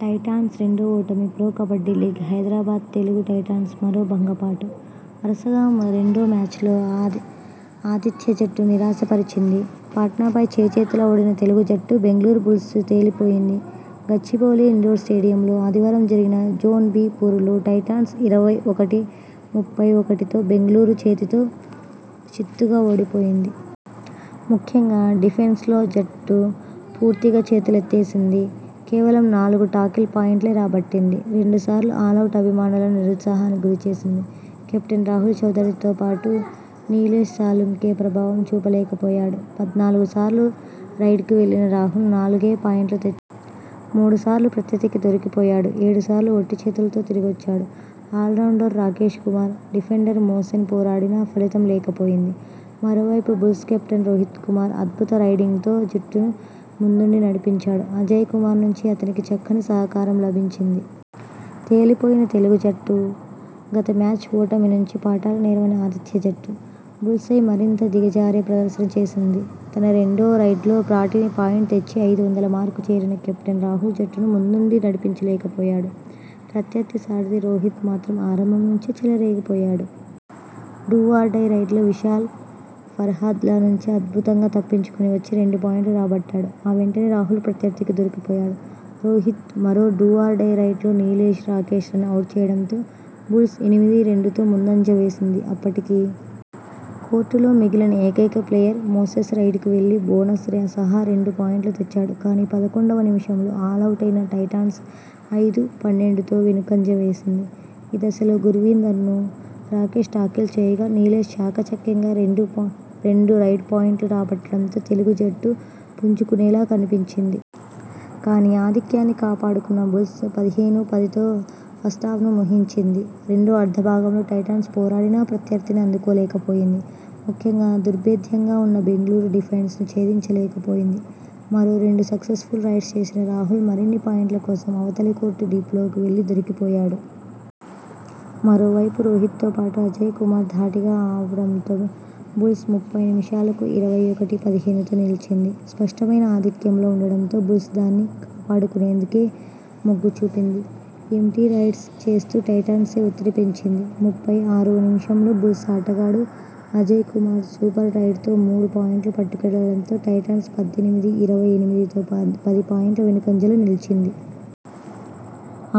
Titans రెండో ఓటమి Pro Kabaddi League Hyderabad Telugu Titans మరో భంగపాటు. వరుసగా రెండో మ్యాచ్లో ఆతిథ్య జట్టు నిరాశ పరిచింది. పట్నాపై చేజేతులా ఓడిన తెలుగు జట్టు.. బెంగళూరు బుల్స్పై తేలిపోయింది. గచ్చిబౌలి ఇండోర్ స్టేడియంలో ఆదివారం జరిగిన జోన్-బి పోరులో టైటాన్స్ ఇరవై ఒకటి-ముప్పై ఒకటితో బెంగళూరు చేతిలో చిత్తుగా ఓడిపోయింది. ముఖ్యంగా డిఫెన్స్లో జట్టు పూర్తిగా చేతులెత్తేసింది. కేవలం నాలు గు టాకిల్ పాయింట్లే రాబట్టింది. రెండు సార్లు ఆలౌటై అభిమానులను నిరుత్సాహానికి గురి చేసింది. కెప్టెన్ రాహుల్ చౌదరి తో పాటు నీలేష్ సాలుంకె ప్రభావం చూపలేకపోయాడు. పద్నాలుగు సార్లు రైడ్కు వెళ్లిన రాహుల్ నాలుగే పాయింట్లు తెచ్చ. మూడు సార్లు ప్రత్యర్థికి దొరికిపోయాడు. ఏడు సార్లు ఒట్టి చేతులతో తిరిగొచ్చాడు. Allrounder Rakesh Kumar, defender Mohsen పోరాడినా ఫలితం లేక పోయింది. మరోవైపు బుల్స్ కెప్టెన్ రోహిత్ కుమార్ అద్భుత రైడింగ్తో జట్టును ముందుండి నడిపించాడు. అజయ్ కుమార్ నుంచి అతనికి చక్కని సహకారం లభించింది. తేలిపోయిన తెలుగు జట్టు.. గత మ్యాచ్ ఓటమి నుంచి పాఠాలు నేర్వని ఆతిథ్య జట్టు. బుల్స్పై మరింత దిగజారే ప్రదర్శన చేసింది. తన రెండో రైడ్లో పాయింట్ తెచ్చి ఐదు వందల మార్కు చేరిన కెప్టెన్ రాహుల్ జట్టును ముందుండి నడిపించలేకపోయాడు. ప్రత్యర్థి సారథి రోహిత్ మాత్రం ఆరంభం నుంచే చెలరేగిపోయాడు. డూ ఆర్ డై రైడ్లో విశాల్, ఫర్హాద్ల నుంచి అద్భుతంగా తప్పించుకొని వచ్చి రెండు పాయింట్లు రాబట్టాడు. ఆ వెంటనే రాహుల్ ప్రత్యర్థికి దొరికిపోయాడు. రోహిత్ మరో డూ ఆర్ డై రైడ్లో నీలేష్, రాకేష్లను అవుట్ చేయడంతో బుల్స్ ఎనిమిది-రెండుతో ముందంజ వేసింది. అప్పటికి. కోర్టులో మిగిలిన ఏకైక ప్లేయర్ మోసెన్ రైడ్ కు వెళ్లి బోనస్ సహారెండు పాయింట్లు తెచ్చాడు. కానీ, పదకొండువ నిమిషంలో ఆలౌటైన టైటాన్స్ ఐదు-పన్నెండుతో వెనుకంజ వేసింది. ఈ దశలో గుర్వీందర్ను రాకేష్ టాకిల్ చేయగా. నీలేష్ చాకచక్యంగా రెండు రైడ్ పాయింట్లు రాబట్టడంతో తెలుగు జట్టు పుంజుకునేలా కనిపించింది. కానీ, ఆధిక్యాన్ని కాపాడుకున్న బుల్స్ పదిహేను-పదితో ఫస్టాఫ్ను ముగించింది. రెండో అర్ధభాగంలో టైటాన్స్ పోరాడినా ప్రత్యర్థిని అందుకోలేకపోయింది. ముఖ్యంగా దుర్భేద్యంగా ఉన్న బెంగళూరు డిఫెన్స్ను ఛేదించలేక పోయింది. మరో రెండు సక్సెస్ఫుల్ రైడ్స్ చేసిన రాహుల్ మరిన్ని పాయిం ట్ల కోసం అవతలి కోర్టు డీప్లోకి వెళ్లి దొరికిపోయాడు. మరోవైపు రోహిత్తో పాటు అజయ్ కుమార్ ధాటిగా ఆడడం టతో బుల్స్ ముప్పై నిమిషాలకు ఇరవై ఒకటి-పదిహేనుతో నిలిచింది. స్పష్టమైన ఆధిక్యంలో ఉండడంతో బుల్స్ దాన్ని కాపా డుకునేందుకే మొగ్గు చూపింది. ఎమ్టీ రైడ్స్ చేస్తూ టైటాన్స్పై ఒత్తిడి పెంచింది. ముప్పై ఆరువ నిమిషంలో బుల్స్ ఆటగాడు అజయ్ కుమార్ సూపర్ రైడ్తో మూడు పాయింట్లు పట్టుకెళ్లడంతో టైటాన్స్ పద్దెనిమిది-ఇరవై ఎనిమిదితో పది పాయింట్ల వెనుకంజలో నిలిచింది.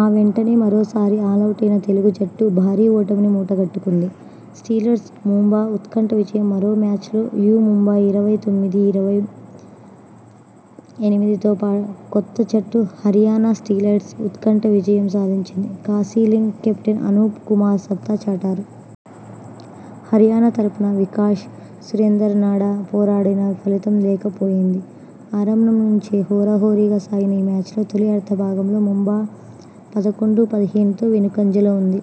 ఆ వెంటనే మరోసారి ఆలౌటైన తెలుగు జట్టు భారీ ఓటమిని మూట గట్టుకుంది. స్టీలర్స్ ముంబా ఉత్కంఠ విజయం మరో మ్యాచ్లో యు ముంబా ఇరవై తొమ్మిది-ఇరవై ఎనిమిదితో కొత్త జట్టు హరియాణా స్టీలర్స్పై ఉత్కంఠ విజయం సాధించింది. కాశీలింగ్, కెప్టెన్ అనూప్ కుమార్ సత్తా చాటారు. హరియాణా తరఫున వికాష్, సురేందర్ నడా పోరాడినా ఫలితం లేకపోయింది. ఆరంభం నుంచే హోరాహోరీగా సాగిన ఈ మ్యాచ్లో తొలి అర్ధ భాగంలో ముంబా పదకొండు-పదిహేనుతో వెనుకంజలో ఉంది.